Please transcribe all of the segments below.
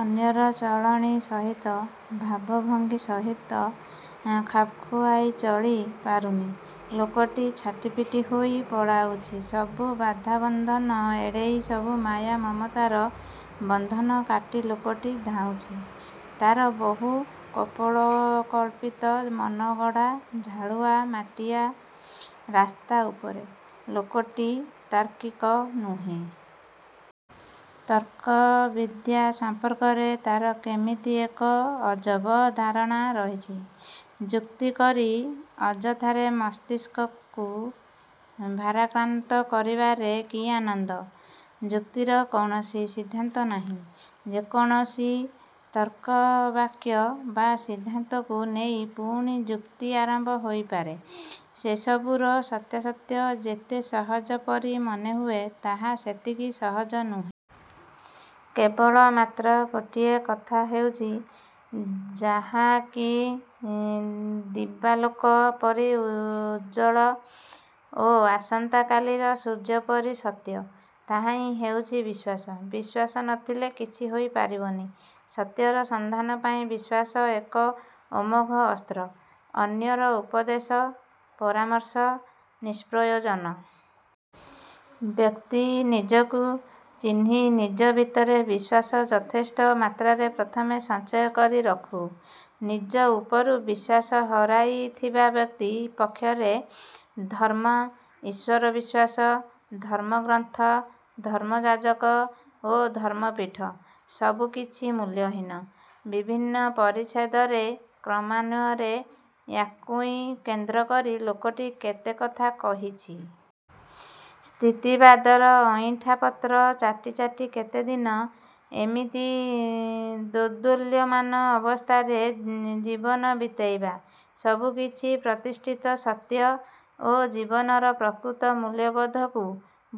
ଅନ୍ୟର ଚଳଣି ସହିତ, ଭାବଭଙ୍ଗୀ ସହିତ ଖାପ୍ଖୁଆଇ ଚଳି ପାରୁନି। ଲୋକଟି ଛାଟିପିଟି ହୋଇ ପଳାଉଛି। ସବୁ ବାଧା ବନ୍ଧନ ଏଡ଼େଇ ସବୁ ମାୟା ମମତାର ବନ୍ଧନ କାଟି ଲୋକଟି ଧାଉଁଛି ତା'ର ବହୁ କପୋଳକଳ୍ପିତ ମନଗଢ଼ା ଝାଳୁଆ ମାଟିଆ ରାସ୍ତା ଉପରେ। ଲୋକଟି ତାର୍କିକ ନୁହେଁ। ତର୍କ ବିଦ୍ୟା ସମ୍ପର୍କରେ ତା'ର କେମିତି ଏକ ଅଜବ ଧାରଣା ରହିଛି। ଯୁକ୍ତି କରି ଅଯଥାରେ ମସ୍ତିଷ୍କକୁ ଭାରାକ୍ରାନ୍ତ କରିବାରେ କି ଆନନ୍ଦ। ଯୁକ୍ତିର କୌଣସି ସିଦ୍ଧାନ୍ତ ନାହିଁ। ଯେ କୌଣସି ତର୍କବାକ୍ୟ ବା ସିଦ୍ଧାନ୍ତକୁ ନେଇ ପୁଣି ଯୁକ୍ତି ଆରମ୍ଭ ହୋଇପାରେ। ସେ ସବୁର ସତ୍ୟାସତ୍ୟ ଯେତେ ସହଜ ପରି ମନେହୁଏ ତାହା ସେତିକି ସହଜ ନୁହେଁ। କେବଳ ମାତ୍ର ଗୋଟିଏ କଥା ହେଉଛି, ଯାହାକି ଦିବାଲୋକ ପରି ଉଜ୍ଜ୍ୱଳ ଓ ଆସନ୍ତା କାଲିର ସୂର୍ଯ୍ୟପରି ସତ୍ୟ, ତାହାହିଁ ହେଉଛି ବିଶ୍ୱାସ। ବିଶ୍ୱାସ ନଥିଲେ କିଛି ହୋଇ ପାରିବନି। ସତ୍ୟର ସନ୍ଧାନ ପାଇଁ ବିଶ୍ୱାସ ଏକ ଅମୋଘ ଅସ୍ତ୍ର। ଅନ୍ୟର ଉପଦେଶ, ପରାମର୍ଶ, ନିଷ୍ପ୍ରୟୋଜନ। ବ୍ୟକ୍ତି ନିଜକୁ ଚିହ୍ନି ନିଜ ଭିତରେ ବିଶ୍ୱାସ ଯଥେଷ୍ଟ ମାତ୍ରାରେ ପ୍ରଥମେ ସଞ୍ଚୟ କରି ରଖୁ। ନିଜ ଉପରୁ ବିଶ୍ୱାସ ହରାଇଥିବା ବ୍ୟକ୍ତି ପକ୍ଷେ ଧର୍ମ, ଈଶ୍ୱର ବିଶ୍ୱାସ, ଧର୍ମଗ୍ରନ୍ଥ, ଧର୍ମଯାଜକ ଓ ଧର୍ମପୀଠ ସବୁକିଛି ମୂଲ୍ୟହୀନ। ବିଭିନ୍ନ ପରିଚ୍ଛେଦରେ କ୍ରମାନ୍ୱୟରେ ୟା'କୁଇ କେନ୍ଦ୍ରକରି ଲୋକଟି କେତେ କଥା କହିଛି। ସ୍ଥିତିବାଦର ଅଇଣ୍ଠା ପତ୍ର ଚାଟି ଚାଟି କେତେଦିନ ଏମିତି ଦୋଦୁଲ୍ୟମାନ ଅବସ୍ଥାରେ ଜୀବନ ବିତେଇବା? ସବୁକିଛି ପ୍ରତିଷ୍ଠିତ ସତ୍ୟ ଓ ଜୀବନର ପ୍ରକୃତ ମୂଲ୍ୟବୋଧକୁ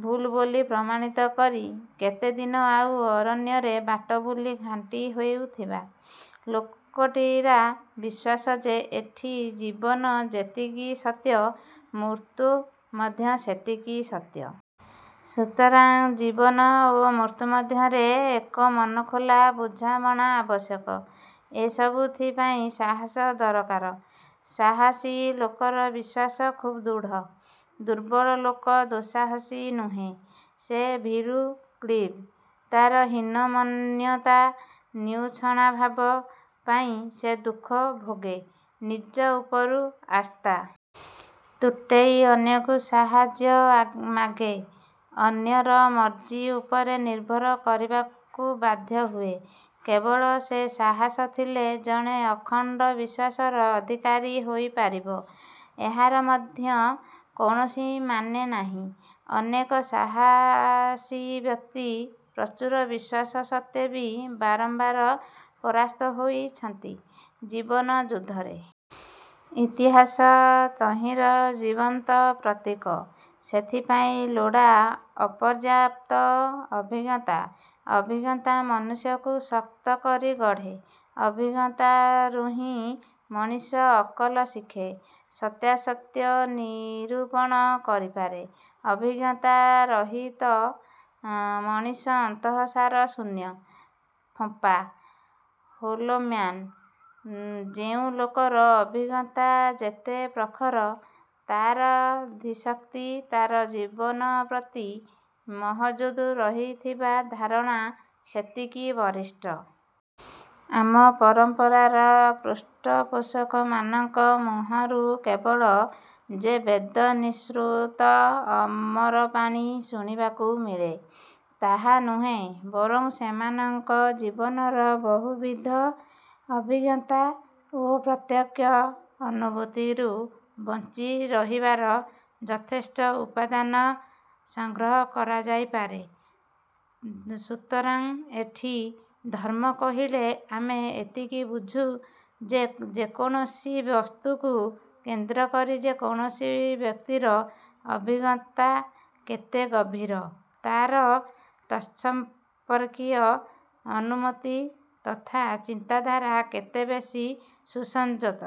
'ଭୁଲ୍' ବୋଲି ପ୍ରମାଣିତ କରି କେତେଦିନ ଆଉ ଅରଣ୍ୟରେ ବାଟ ଭୁଲି ଘାଣ୍ଟି ହେଉଥିବା? ଲୋକଟିରା ବିଶ୍ୱାସ ଯେ ଏଠି ଜୀବନ ଯେତିକି ସତ୍ୟ, ମୃତ୍ୟୁ ମଧ୍ୟ ସେତିକି ସତ୍ୟ। ସୁତରାଂ ଜୀବନ ଓ ମୃତ୍ୟୁ ମଧ୍ୟରେ ଏକ ମନଖୋଲା ବୁଝାମଣା ଆବଶ୍ୟକ। ଏ ସବୁଥିପାଇଁ ସାହସ ଦରକାର। ସାହସୀ ଲୋକର ବିଶ୍ୱାସ ଖୁବ୍ ଦୃଢ଼। ଦୁର୍ବଳ ଲୋକ ଦୁଃସାହସୀ ନୁହେଁ। ସେ ଭୀରୁ, କ୍ଳୀବ। ତା'ର ହୀନମନ୍ୟତା, ନିଉଛଣାଭାବ ପାଇଁ ସେ ଦୁଃଖ ଭୋଗେ। ନିଜ ଉପରୁ ଆସ୍ଥା। ତୁଟେଇ ଅନ୍ୟକୁ ସାହାଯ୍ୟ ମାଗେ। ଅନ୍ୟର ମର୍ଜି ଉପରେ ନିର୍ଭର କରିବାକୁ ବାଧ୍ୟ ହୁଏ। କେବଳ ଯେ ସାହାସ ଥିଲେ ଜଣେ ଅଖଣ୍ଡ ବିଶ୍ୱାସର ଅଧିକାରୀ ହୋଇପାରିବ ଏହାର ମଧ୍ୟ କୌଣସି ମାନେ ନାହିଁ। ଅନେକ ସାହସୀ ବ୍ୟକ୍ତି ପ୍ରଚୁର ବିଶ୍ୱାସ ସତ୍ତ୍ୱେ ବି ବାରମ୍ବାର ପରାସ୍ତ ହୋଇଛନ୍ତି ଜୀବନ ଯୁଦ୍ଧରେ। ଇତିହାସ ତହିଁର ଜୀବନ୍ତ ପ୍ରତୀକ। ସେଥିପାଇଁ ଲୋଡ଼ା ଅପର୍ଯ୍ୟାପ୍ତ ଅଭିଜ୍ଞତା। ଅଭିଜ୍ଞତା ମନୁଷ୍ୟକୁ ଶକ୍ତ କରି ଗଢ଼େ। ଅଭିଜ୍ଞତାରୁହିଁ ମଣିଷ ଅକଲ ଶିଖେ। ସତ୍ୟାସତ୍ୟ ନିରୂପଣ କରିପାରେ। ଅଭିଜ୍ଞତା ରହିତ ମଣିଷ ଅନ୍ତଃସାର ଶୂନ୍ୟ। ଫମ୍ପା! ହଲୋମ୍ୟାନ୍। ଯେଉଁ ଲୋକର ଅଭିଜ୍ଞତା ଯେତେ ପ୍ରଖର, ତା'ର ଧୀଶକ୍ତି, ତା'ର ଜୀବନପ୍ରତି ମହଜୁଦ ରହିଥିବା ଧାରଣା ସେତିକି ବଳିଷ୍ଠ। ଆମ ପରମ୍ପରାର ପୃଷ୍ଠପୋଷକମାନଙ୍କ ମୁହଁରୁ କେବଳ ଯେ ବେଦ ନିଃସୃତ ଅମରବାଣୀ ଶୁଣିବାକୁ ମିଳେ ତାହା ନୁହେଁ, ବରଂ ସେମାନଙ୍କ ଜୀବନର ବହୁବିଧ ଅଭିଜ୍ଞତା ଓ ପ୍ରତ୍ୟକ୍ଷ ଅନୁଭୂତିରୁ ବଞ୍ଚି ରହିବାର ଯଥେଷ୍ଟ ଉପାଦାନ ସଂଗ୍ରହ କରାଯାଇପାରେ। ସୁତରାଂ ଏଠି ଧର୍ମ କହିଲେ ଆମେ ଏତିକି ବୁଝୁ ଯେ, ଯେକୌଣସି ବସ୍ତୁକୁ କେନ୍ଦ୍ରକରି ଯେ କୌଣସି ବ୍ୟକ୍ତିର ଅଭିଜ୍ଞତା କେତେ ଗଭୀର ତା'ର ତତ୍ସମ୍ପର୍କୀୟ ଅନୁଭୂତି ତଥା ଚିନ୍ତାଧାରା କେତେ ବେଶୀ ସୁସଞ୍ଜତ।